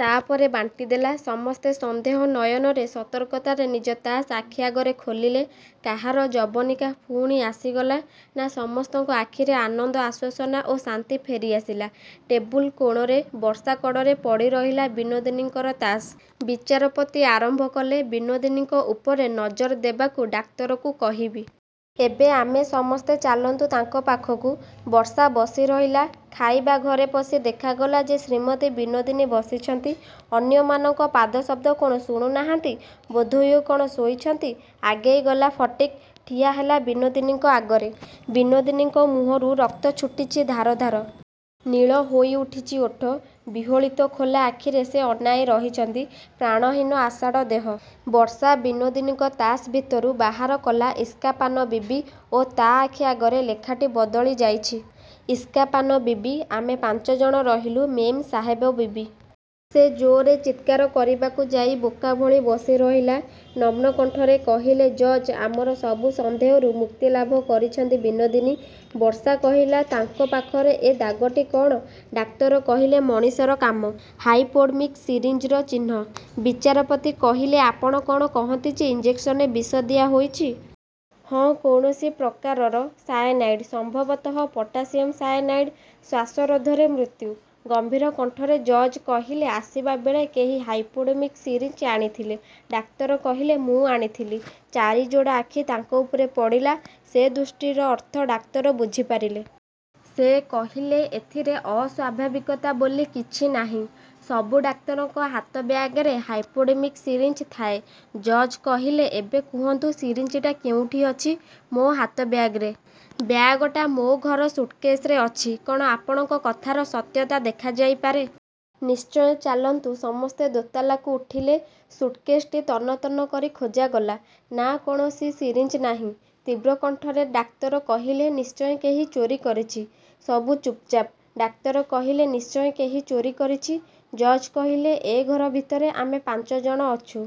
ତା ପରେ ବାଣ୍ଟିଦେଲା। ସମସ୍ତେ ସନ୍ଦେହ ନୟନରେ ସତର୍କତାରେ ନିଜ ତାସ୍ ଆଖି ଆଗରେ ଖୋଲିଲେ। କାହାର ଯବନିକା ପୁଣି ଆସିଗଲା? ନା, ସମସ୍ତଙ୍କ ଆଖିରେ ଆନନ୍ଦ, ଆଶ୍ୱାସନା ଓ ଶାନ୍ତି ଫେରିଆସିଲା। ଟେବୁଲ କୋଣରେ ବର୍ଷା କଡ଼ରେ ପଡ଼ିରହିଲା ବିନୋଦିନୀଙ୍କର ତାସ୍। ବିଚାରପତି ଆରମ୍ଭ କଲେ, ବିନୋଦିନୀଙ୍କ ଉପରେ ନଜର ଦେବାକୁ ଡାକ୍ତରକୁ କହିବି। ଏବେ ଆମେ ସମସ୍ତେ ଚାଲନ୍ତୁ ତାଙ୍କ ପାଖକୁ। ବର୍ଷା ବସିରହିଲା। ଖାଇବା ଘରେ ପଶି ଦେଖାଗଲା ଯେ ଶ୍ରୀମତୀ ବିନୋଦିନୀ ବସିଛନ୍ତି। ଅନ୍ୟମାନଙ୍କ ପାଦଶବ୍ଦ କ'ଣ ଶୁଣୁନାହାନ୍ତି? ବୋଧହୁଏ କ'ଣ ଶୋଇଛନ୍ତି? ଆଗେଇଗଲା ଫଟିକ୍। ଠିଆହେଲା ବିନୋଦିନୀଙ୍କ ଆଗରେ। ବିନୋଦିନୀଙ୍କ ମୁହଁରୁ ରକ୍ତ ଛୁଟିଛି ଧାର ଧାର। ନୀଳ ହୋଇଉଠିଛି ଓଠ। ବିହ୍ଵଳିତ ଖୋଲା ଆଖିରେ ସେ ଅନାଇ ରହିଛନ୍ତି। ପ୍ରାଣହୀନ ଅସାଡ଼ ଦେହ। ବର୍ଷା ବିନୋଦିନୀଙ୍କ ତାସ୍ ଭିତରୁ ବାହାର କଲା ଇସ୍କାପାନ ବିବି ଓ ତା ଆଖି ଆଗରେ ଲେଖାଟି ବଦଳିଯାଇଛି, ଇସ୍କାପାନ ବିବି, ଆମେ ପାଞ୍ଚ ଜଣ ରହିଲୁ ମେମ୍ ସାହେବ ବିବି। ସେ ଜୋରରେ ଚିତ୍କାର କରିବାକୁ ଯାଇ ବୋକାଭଳି ବସିରହିଲା। ନମ୍ର କଣ୍ଠରେ କହିଲେ ଜଜ୍, ଆମର ସବୁ ସନ୍ଦେହରୁ ମୁକ୍ତି ଲାଭ କରିଛନ୍ତି ବିନୋଦିନୀ। ବର୍ଷା କହିଲା, ତାଙ୍କ ପାଖରେ ଏ ଦାଗଟି କ'ଣ? ଡାକ୍ତର କହିଲେ, ମଣିଷର କାମ। ହାଇପୋଡର୍ମିକ ସିରିଞ୍ଜର ଚିହ୍ନ। ବିଚାରପତି କହିଲେ, ଆପଣ କ'ଣ କହନ୍ତି ଯେ ଇଞ୍ଜେକ୍ସନରେ ବିଷ ଦିଆହୋଇଛି? ହଁ, କୌଣସି ପ୍ରକାରର ସାୟାନାଇଡ୍। ସମ୍ଭବତଃ ପଟାସିୟମ୍ ସାୟାନାଇଡ୍। ଶ୍ଵାସରୋଧରେ ମୃତ୍ୟୁ। ଗମ୍ଭୀର କଣ୍ଠରେ ଜଜ୍ କହିଲେ, ଆସିବା ବେଳେ କେହି ହାଇପୋଡର୍ମିକ ସିରିଞ୍ଜ ଆଣିଥିଲେ? ଡାକ୍ତର କହିଲେ, ମୁଁ ଆଣିଥିଲି। ଚାରି ଯୋଡ଼ା ଆଖି ତାଙ୍କ ଉପରେ ପଡ଼ିଲା। ସେ ଦୃଷ୍ଟିର ଅର୍ଥ ଡାକ୍ତର ବୁଝିପାରିଲେ। ସେ କହିଲେ, ଏଥିରେ ଅସ୍ଵାଭାବିକତା ବୋଲି କିଛି ନାହିଁ। ସବୁ ଡାକ୍ତରଙ୍କ ହାତ ବ୍ୟାଗରେ ହାଇପୋଡର୍ମିକ ସିରିଞ୍ଜ ଥାଏ। ଜଜ୍ କହିଲେ, ଏବେ କୁହନ୍ତୁ ସିରିଞ୍ଜଟା କେଉଁଠି ଅଛି? ମୋ ହାତ ବ୍ୟାଗରେ। ବ୍ୟାଗ ଟା ମୋ ଘର ସୁଟକେସରେ ଅଛି। କ'ଣ ଆପଣଙ୍କ କଥାର ସତ୍ୟତା ଦେଖାଯାଇପାରେ? ନିଶ୍ଚୟ। ଚାଲନ୍ତୁ। ସମସ୍ତେ ଦୋତାଲାକୁ ଉଠିଲେ। ସୁଟକେସ ଟି ତନ୍ନ ତନ୍ନ କରି ଖୋଜାଗଲା। ନା, କୌଣସି ସିରିଞ୍ଜ ନାହିଁ। ତୀବ୍ର କଣ୍ଠରେ ଡାକ୍ତର କହିଲେ, ନିଶ୍ଚୟ କେହି ଚୋରି କରିଛି। ସବୁ ଚୁପଚାପ। ଡାକ୍ତର କହିଲେ, ନିଶ୍ଚୟ କେହି ଚୋରି କରିଛି! ଜଜ୍ କହିଲେ, ଏ ଘର ଭିତରେ ଆମେ ପାଞ୍ଚ ଜଣ ଅଛୁ।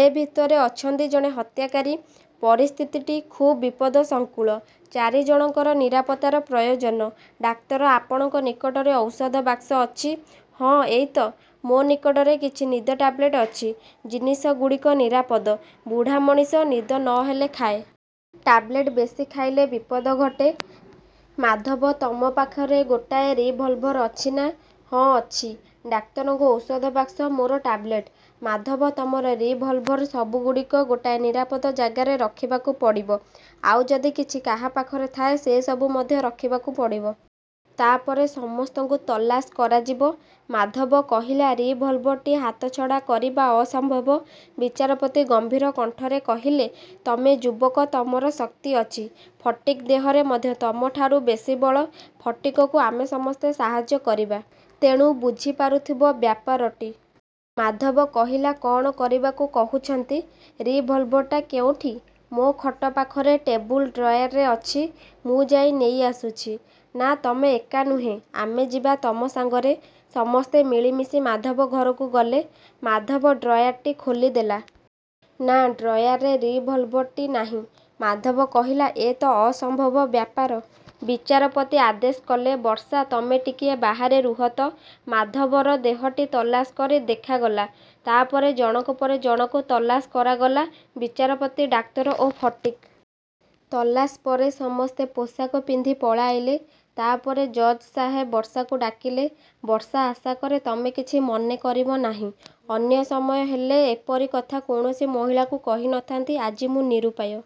ଏ ଭିତରେ ଅଛନ୍ତି ଜଣେ ହତ୍ୟାକାରୀ। ପରିସ୍ଥିତିଟି ଖୁବ୍ ବିପଦସଂକୁଳ। ଚାରି ଜଣଙ୍କର ନିରାପତ୍ତାର ପ୍ରୟୋଜନ। ଡାକ୍ତର, ଆପଣଙ୍କ ନିକଟରେ ଔଷଧ ବାକ୍ସ ଅଛି। ହଁ, ଏଇ ତ। ମୋ ନିକଟରେ କିଛି ନିଦ ଟାବଲେଟ୍ ଅଛି। ଜିନିଷଗୁଡ଼ିକ ନିରାପଦ। ବୁଢ଼ା ମଣିଷ। ନିଦ ନ ହେଲେ ଖାଏ। ଟାବଲେଟ୍ ବେଶି ଖାଇଲେ ବିପଦ ଘଟେ। ମାଧବ, ତମ ପାଖରେ ଗୋଟାଏ ରିଭଲଭର ଅଛି ନା? ହଁ, ଅଛି। ଡାକ୍ତରଙ୍କ ଔଷଧ ବାକ୍ସ, ମୋର ଟାବଲେଟ୍, ମାଧବ ତମର ରିଭଲଭର, ସବୁଗୁଡ଼ିକ ଗୋଟାଏ ନିରାପଦ ଜାଗାରେ ରଖିଦେବାକୁ ପଡ଼ିବ। ଆଉ ଯଦି କିଛି କାହା ପାଖରେ ଥାଏ ସେସବୁ ମଧ୍ୟ ରଖିବାକୁ ପଡ଼ିବ। ତା ପରେ ସମସ୍ତଙ୍କୁ ତଲାସ କରାଯିବ। ମାଧବ କହିଲା, ରିଭଲଭର ଟି ହାତଛଡ଼ା କରିବା ଅସମ୍ଭବ। ବିଚାରପତି ଗମ୍ଭୀର କଣ୍ଠରେ କହିଲେ, ତମେ ଯୁବକ, ତମର ଶକ୍ତି ଅଛି। ଫଟିକ୍ ଦେହରେ ମଧ୍ୟ ତମଠାରୁ ବେଶି ବଳ। ଫଟିକକୁ ଆମେ ସମସ୍ତେ ସାହାଯ୍ୟ କରିବା। ତେଣୁ ବୁଝିପାରୁଥିବ ବ୍ୟାପାରଟି। ମାଧବ କହିଲା, କ'ଣ କରିବାକୁ କହୁଛନ୍ତି? ରିଭଲଭର ଟା କେଉଁଠି? ମୋ ଖଟ ପାଖରେ ଟେବୁଲ ଡ୍ରୟାରରେ ଅଛି। ମୁଁ ଯାଇ ନେଇଆସୁଛି। ନା, ତମେ ଏକା ନୁହେଁ, ଆମେ ଯିବା ତମ ସାଙ୍ଗରେ। ସମସ୍ତେ ମିଳିମିଶି ମାଧବ ଘରକୁ ଗଲେ। ମାଧବ ଡ୍ରୟାର ଟି ଖୋଲିଦେଲା। ନା, ଡ୍ରୟାରରେ ରିଭଲଭର ଟି ନାହିଁ! ମାଧବ କହିଲା, ଏ ତ ଅସମ୍ଭବ ବ୍ୟାପାର! ବିଚାରପତି ଆଦେଶ କଲେ, ବର୍ଷା, ତମେ ଟିକିଏ ବାହାରେ ରୁହ ତ। ମାଧବର ଦେହଟି ତଲାସ କରି ଦେଖାଗଲା। ତା ପରେ ଜଣକ ପରେ ଜଣକୁ ତଲାସ କରାଗଲା, ବିଚାରପତି, ଡାକ୍ତର ଓ ଫଟିକ୍। ତଲାସ ପରେ ସମସ୍ତେ ପୋଷାକ ପିନ୍ଧି ପଳାଇଲେ। ତା ପରେ ଜଜ୍ ସାହେବ ବର୍ଷାକୁ ଡାକିଲେ, ବର୍ଷା, ଆଶା କରେ ତମେ କିଛି ମନେ କରିବ ନାହିଁ। ଅନ୍ୟ ସମୟ ହେଲେ ଏପରି କଥା କୌଣସି ମହିଳାକୁ କହି ନ ଥାନ୍ତି। ଆଜି ମୁଁ ନିରୁପାୟ।